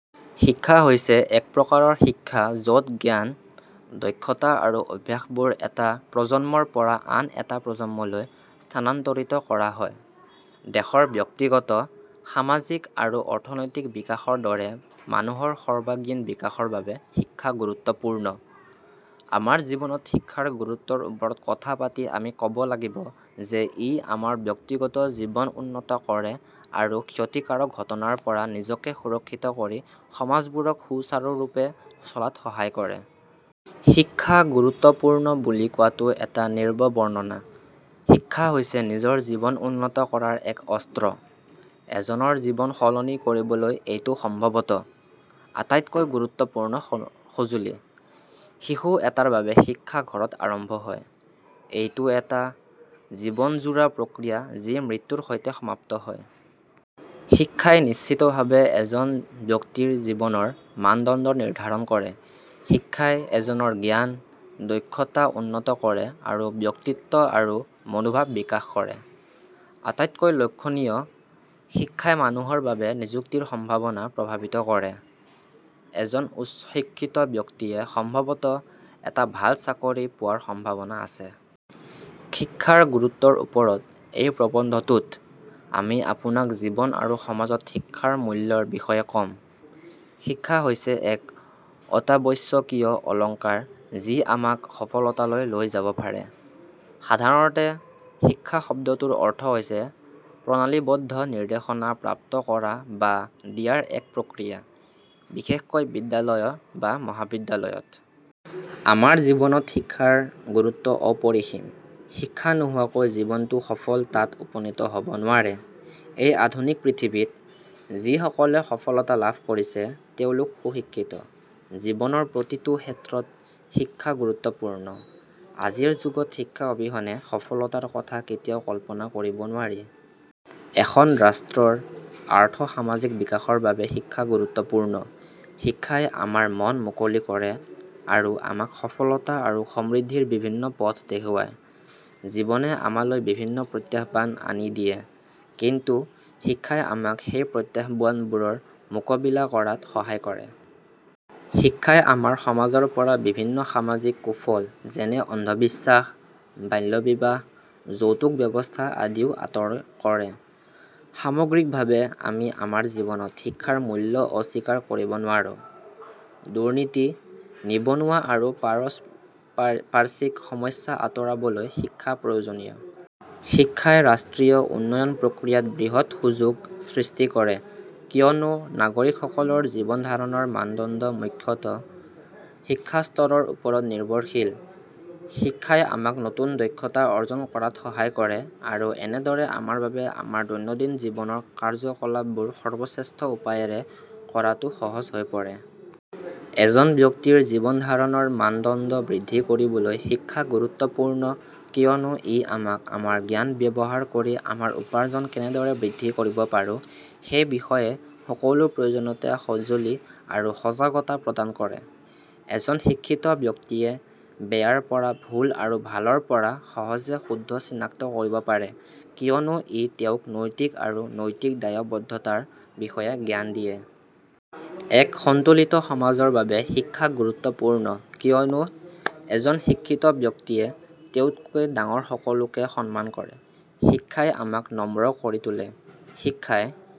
শিক্ষা হৈছে এক প্ৰকাৰৰ শিক্ষা য'ত জ্ঞান, দক্ষতা আৰু অভ্যাসবোৰ এটা প্ৰজন্মৰ পৰা আন এটা প্ৰজন্মলৈ স্থানান্তৰিত কৰা হয়। দেশৰ ব্যক্তিগত, সামাজিক আৰু অৰ্থনৈতিক বিকাশৰ দৰে মানুহৰ সৰ্বাঙ্গীন বিকাশৰ বাবে শিক্ষা গুৰুত্বপূৰ্ণ। আমাৰ জীৱনত শিক্ষাৰ গুৰুত্বৰ ওপৰত কথা পাতি আমি ক'ব লাগিব যে ই আমাৰ ব্যক্তিগত জীৱনউন্নত কৰে আৰু ক্ষতিকাৰক ঘটনাৰ পৰা নিজকে সুৰক্ষিত কৰি সমাজবোৰক সুচাৰুৰূপে চলাত সহায় কৰে। শিক্ষা গুৰুত্ব পূৰ্ণ বুলি কোৱাটো এটা নিম্নবৰ্ণনা। শিক্ষা হৈছে নিজৰ জীৱন উন্নত কৰাৰ এক অস্ত্ৰ। এজনৰ জীৱন সলনি কৰিবলৈ এইটো সম্ভৱতঃ আটাইতকৈ গুৰুত্বপূৰ্ণ সঁজুলি। শিশুএটাৰ বাবে শিক্ষা ঘৰত আৰম্ভ হয়। এইটো এটা জীৱনজোৰা প্ৰক্ৰিয়া যি মৃত্যুৰ সৈতে সমাপ্ত হয়। শিক্ষাই নিশ্চিতভাৱে এজন ব্যক্তিৰ জীৱনৰ মানদণ্ড নিৰ্ধাৰণ কৰে। শিক্ষাই এজনৰ জ্ঞান, দক্ষতা উন্নত কৰে আৰু ব্যক্তিত্ব আৰু মনোভাৱ বিকাশ কৰে। আটাইতকৈ লক্ষণীয়, শিক্ষাই মানুহৰ বাবে নিযুক্তিৰ সম্ভাৱনা প্ৰভাৱিত কৰে। এজন উচ্চ শিক্ষিত ব্যক্তিয়ে সম্ভৱতঃ এটা ভাল চাকৰি পোৱাৰ সম্ভাৱনা আছে। শিক্ষাৰ গুৰুত্বৰ ওপৰত এই প্ৰবন্ধটোত, আমি আপোনাক জীৱন আৰু সমাজত শিক্ষাৰ মূল্যৰ বিষয়ে ক'ম। শিক্ষা হৈছে এক অত্যাৱশ্যকীয় অলংকাৰ যি আমাক সফলতালৈ লৈ যাব পাৰে। সাধাৰণতে, শিক্ষা শব্দটোৰ অৰ্থ হৈছে প্ৰণালীবদ্ধ নিৰ্দেশনা প্ৰাপ্ত কৰা বা দিয়াৰ এক প্ৰক্ৰিয়া, বিশেষকৈ বিদ্যালয় বা মহাবিদ্যালয়ত। আমাৰ জীৱনত শিক্ষাৰ গুৰুত্ব অপৰিসীম। শিক্ষা নোহোৱাকৈ জীৱনটো সফল তাত উপনীত হ'ব নোৱাৰে। এই আধুনিক পৃথিৱীত, যিসকলে সফলতা লাভ কৰিছে তেওঁলোক সুশিক্ষিত। জীৱনৰ প্ৰতিটো ক্ষেত্ৰতশিক্ষা গুৰুত্বপূৰ্ণ। আজিৰ যুগত শিক্ষা অবিহনে সফলতাৰ কথা কেতিয়াও কল্পনা কৰিব নোৱাৰি। এখন ৰাষ্ট্ৰৰ আৰ্থ-সামাজিক বিকাশৰ বাবে শিক্ষা গুৰুত্বপূৰ্ণ। শিক্ষাই আমাৰ মন মুকলি কৰে আৰু আমাক সফলতা আৰু সমৃদ্ধিৰ বিভিন্ন পথ দেখুৱায়। জীৱনে আমালৈ বিভিন্ন প্ৰত্যাহ্বান আনিদিয়ে। কিন্তু শিক্ষাই আমাক সেই প্ৰত্যাহ্বানবোৰৰ মোকাবিলা কৰাত সহায় কৰে। শিক্ষাই আমাৰ সমাজৰ পৰা বিভিন্ন সামাজিক কুফল যেনে অন্ধবিশ্বাস, বাল্য বিবাহ, যৌতুক ব্যৱস্থা আদিও আঁতৰ কৰে। সামগ্ৰিকভাৱে, আমি আমাৰ জীৱনত শিক্ষাৰ মূল্য অস্বীকাৰ কৰিব নোৱাৰো। দুৰ্নীতি, নিবনুৱা আৰু পাৰিপাৰ্শ্বিক সমস্যা আঁতৰাবলৈ, শিক্ষা প্ৰয়োজনীয়। শিক্ষাই ৰাষ্ট্ৰীয় উন্নয়ন প্ৰক্ৰিয়াত বৃহৎ সুযোগ সৃষ্টি কৰে কিয়নো নাগৰিকসকলৰ জীৱনধাৰণৰ মানদণ্ড মুখ্যতঃ শিক্ষাৰ স্তৰৰ ওপৰত নিৰ্ভৰশীল। শিক্ষাই আমাক নতুন দক্ষতা অৰ্জন কৰাত সহায় কৰে আৰু এনেদৰে আমাৰ বাবে আমাৰ দৈনন্দিন জীৱনৰ কাৰ্যকলাপবোৰ সৰ্বশ্ৰেষ্ঠ উপায়েৰে কৰাটো সহজ হৈ পৰে। এজন ব্যক্তিৰ জীৱনধাৰণৰ মানদণ্ড বৃদ্ধি কৰিবলৈ শিক্ষা গুৰুত্বপূৰ্ণ কিয়নো ই আমাক আমাৰ জ্ঞান ব্যৱহাৰ কৰি আমাৰ উপাৰ্জন কেনেদৰে বৃদ্ধি কৰিব পাৰোঁ সেই বিষয়ে সকলো প্ৰয়োজনীয় সঁজুলি আৰু সজাগতা প্ৰদান কৰে। এজন শিক্ষিত ব্যক্তিয়ে বেয়াৰ পৰা ভুল আৰু ভালৰ পৰা সহজে শুদ্ধ চিনাক্ত কৰিব পাৰে কিয়নো ই তেওঁক নৈতিক আৰু নৈতিক দায়বদ্ধতাৰ বিষয়ে জ্ঞান দিয়ে। এক সন্তুলিত সমাজৰ বাবে শিক্ষা গুৰুত্বপূৰ্ণ কিয়নো এজন শিক্ষিত ব্যক্তিয়ে তেওঁতকৈ ডাঙৰ সকলোকে সন্মান কৰে। শিক্ষাই আমাক নম্ৰ কৰি তোলে। শিক্ষাই